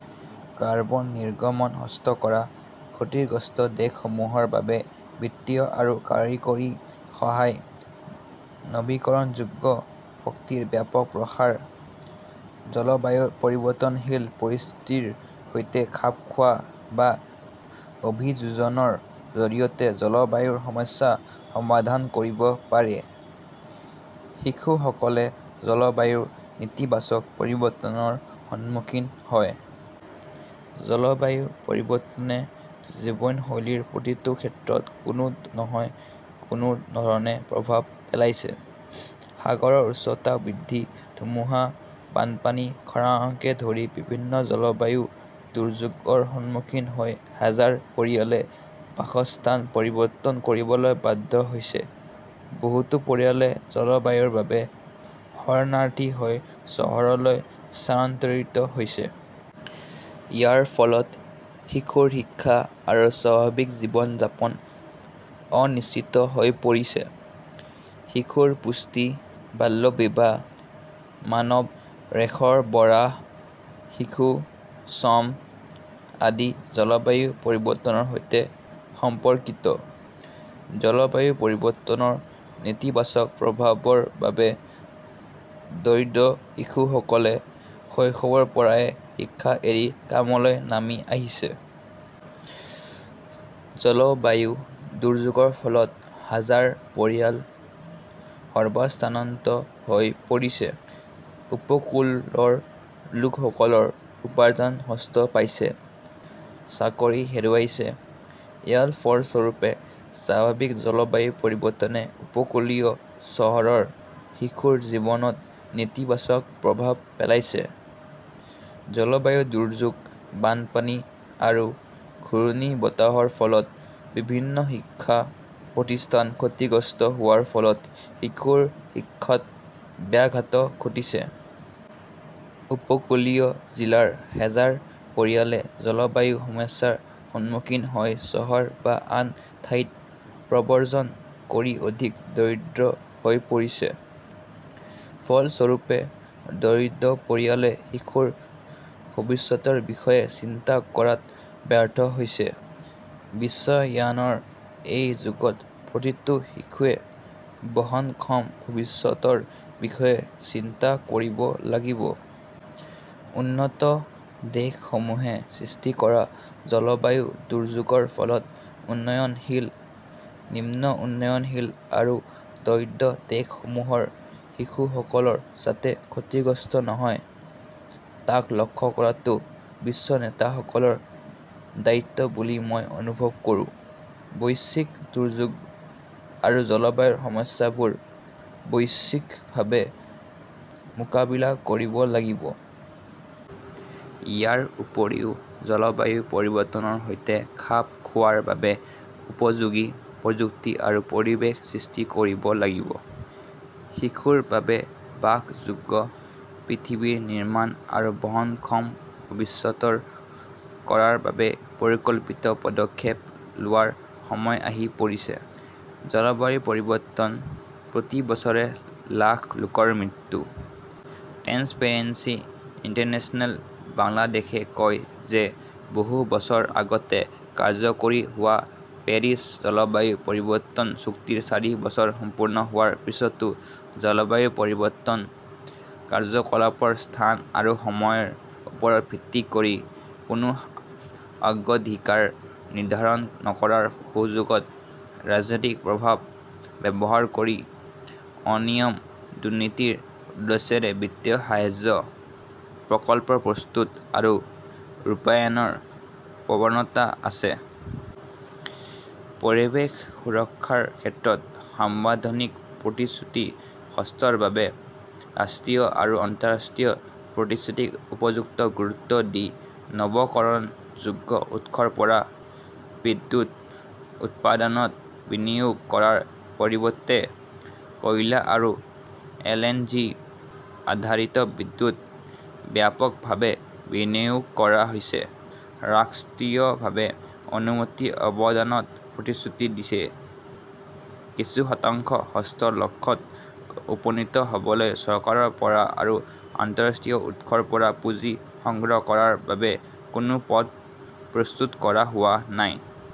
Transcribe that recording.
Carbon নিৰ্গমন হ্ৰাস কৰা, ক্ষতিগ্ৰস্ত দেশসমূহৰ বাবে বিত্তীয় আৰু কাৰিকৰী সহায়, নৱীকৰণযোগ্য শক্তিৰ ব্যাপক প্ৰসাৰ, জলবায়ুৰ পৰিৱৰ্তনশীল পৰিস্থিতিৰ সৈতে খাপ খোৱা বা অভিযোজনৰ জৰিয়তে জলবায়ুৰ সমস্যা সমাধান কৰিব পাৰে। শিশুসকলে জলবায়ুৰ নেতিবাচক পৰিৱৰ্তনৰ সন্মুখীন হয়। জলবায়ু পৰিৱৰ্তনে জীৱনশৈলীৰ প্ৰতিটো ক্ষেত্ৰত কোনো নহয় কোনো ধৰণে প্ৰভাৱ পেলাইছে। সাগৰৰ উচ্চতা বৃদ্ধি, ধুমুহা, বানপানী, খৰাংকে ধৰি বিভিন্ন জলবায়ু দুৰ্যোগৰ সন্মুখীন হৈ হাজাৰ হাজাৰ পৰিয়ালে বাসস্থান পৰিৱৰ্তন কৰিবলৈ বাধ্য হৈছে। বহুতো পৰিয়ালে জলবায়ুৰ বাবে শৰণাৰ্থী হৈ চহৰলৈ স্থানান্তৰিত হৈছে। ইয়াৰ ফলত শিশুৰ শিক্ষা আৰু স্বাভাৱিক জীৱন-যাপন অনিশ্চিত হৈ পৰিছে। শিশুৰ পুষ্টি, বাল্যবিবাহ, মানৱ ৰেসৰবৰাহ, শিশু শ্ৰম আদি জলবায়ু পৰিৱৰ্তনৰ সৈতে সম্পৰ্কিত। জলবায়ু পৰিৱৰ্তনৰ নেতিবাচক প্ৰভাৱৰ বাবে দৰিদ্ৰ শিশুসকলে শৈশৱৰ পৰাই শিক্ষা এৰি কামলৈ নামি আহিছে। জলবায়ু দুৰ্যোগৰ ফলত হাজাৰ হাজাৰ পৰিয়াল সৰ্বস্বান্ত হৈ পৰিছে। উপকূলৰ লোকসকলৰ উপাৰ্জন হ্ৰাস পাইছে, চাকৰি হেৰুৱাইছে। ইয়াৰ ফলস্বৰূপে স্বাভাৱিক জলবায়ু পৰিৱৰ্তনে উপকূলীয় চহৰৰ শিশুৰ জীৱনত নেতিবাচক প্ৰভাৱ পেলাইছে। জলবায়ু দুৰ্যোগ, বানপানী আৰু ঘূৰ্ণীবতাহৰ ফলত বিভিন্ন শিক্ষা প্ৰতিষ্ঠান ক্ষতিগ্ৰস্ত হোৱাৰ ফলত শিশুৰ শিক্ষাত ব্যাঘাত ঘটিছে। উপকূলীয় জিলাৰ হাজাৰ হাজাৰ পৰিয়ালে জলবায়ু সমস্যাৰ সন্মুখীন হৈ চহৰ বা আন ঠাইত প্ৰব্ৰজন কৰি অধিক দৰিদ্ৰ হৈ পৰিছে। ফলস্বৰূপে, দৰিদ্ৰ পৰিয়ালে শিশুৰ ভৱিষ্যতৰ বিষয়ে চিন্তা কৰাত ব্যৰ্থ হৈছে। বিশ্বায়নৰ এই যুগত প্ৰতিটো শিশুৱে বহনক্ষম ভৱিষ্যতৰ বিষয়ে চিন্তা কৰিব লাগিব। উন্নত দেশসমূহে সৃষ্টি কৰা জলবায়ু দুৰ্যোগৰ ফলত উন্নয়নশীল, নিম্ন উন্নয়নশীল আৰু দৰিদ্ৰ দেশসমূহৰ শিশুসকল যাতে ক্ষতিগ্ৰস্ত নহয়, তাক লক্ষ্য কৰাটো বিশ্ব নেতাসকলৰ দায়িত্ব বুলি মই অনুভৱ কৰোঁ। বৈশ্বিক দুৰ্যোগ আৰু জলবায়ুৰ সমস্যাবোৰ বৈশ্বিকভাৱে মোকাবিলা কৰিব লাগিব। ইয়াৰ উপৰিও জলবায়ু পৰিৱৰ্তনৰ সৈতে খাপ খোৱাৰ বাবে উপযোগী প্ৰযুক্তি আৰু পৰিৱেশ সৃষ্টি কৰিব লাগিব। শিশুৰ বাবে বাসযোগ্য পৃথিৱী নিৰ্মাণ আৰু বহনক্ষম ভৱিষ্যত কৰাৰ বাবে পৰিকল্পিত পদক্ষেপ লোৱাৰ সময় আহি পৰিছে। জলবায়ু পৰিৱৰ্তনঃ প্ৰতি বছৰে লাখ লাখ লোকৰ মৃত্যু। ট্ৰেন্সপাৰেন্সি ইণ্টাৰনেশ্যনেল বাংলাদেশে কয় যে, বহু বছৰ আগতে কাৰ্যকৰী হোৱা পেৰিছ জলবায়ু পৰিৱৰ্তন চুক্তিৰ চাৰি বছৰ সম্পূৰ্ণ হোৱাৰ পিছতো জলবায়ু পৰিৱৰ্তন, কাৰ্যকলাপৰ স্থান আৰু সময়ৰ ওপৰত ভিত্তি কৰি কোনো অগ্ৰাধিকাৰ নিৰ্ধাৰণ নকৰাৰ সুযোগত ৰাজনৈতিক প্ৰভাৱ ব্যৱহাৰ কৰি অনিয়ম-দুৰ্নীতিৰ উদ্দেশ্যে বিত্তীয় সাহায্য, প্ৰকল্প প্ৰস্তুত আৰু ৰূপায়ণৰ প্ৰৱণতা আছে। পৰিৱেশ সুৰক্ষাৰ ক্ষেত্ৰত সাংবিধানিক প্ৰতিশ্ৰুতি হ্ৰাসৰ বাবে, ৰাষ্ট্ৰীয় আৰু আন্তঃৰাষ্ট্ৰীয় প্ৰতিশ্ৰুতিক উপযুক্ত গুৰুত্ব দি নৱীকৰণযোগ্য উৎসৰ পৰা বিদ্যুৎ উৎপাদনত বিনিয়োগ কৰাৰ পৰিৱৰ্তে, কয়লা আৰু এলএনজি আধাৰিত বিদ্যুৎ ব্যাপকভাৱে বিনিয়োগ কৰা হৈছে। ৰাকষ্ট্ৰীয়ভাৱে অনুমিত অৱদানৰ প্ৰতিশ্ৰুতি দিয়া, কিছু শতাংশ হ্ৰাসৰ লক্ষ্যত উপনীত হ'বলৈ চৰকাৰৰ পৰা আৰু আন্তঃৰাষ্ট্ৰীয় উৎসৰ পৰা পুঁজি সংগ্ৰহ কৰাৰ বাবে কোনো পথ প্ৰস্তুত কৰা হোৱা নাই।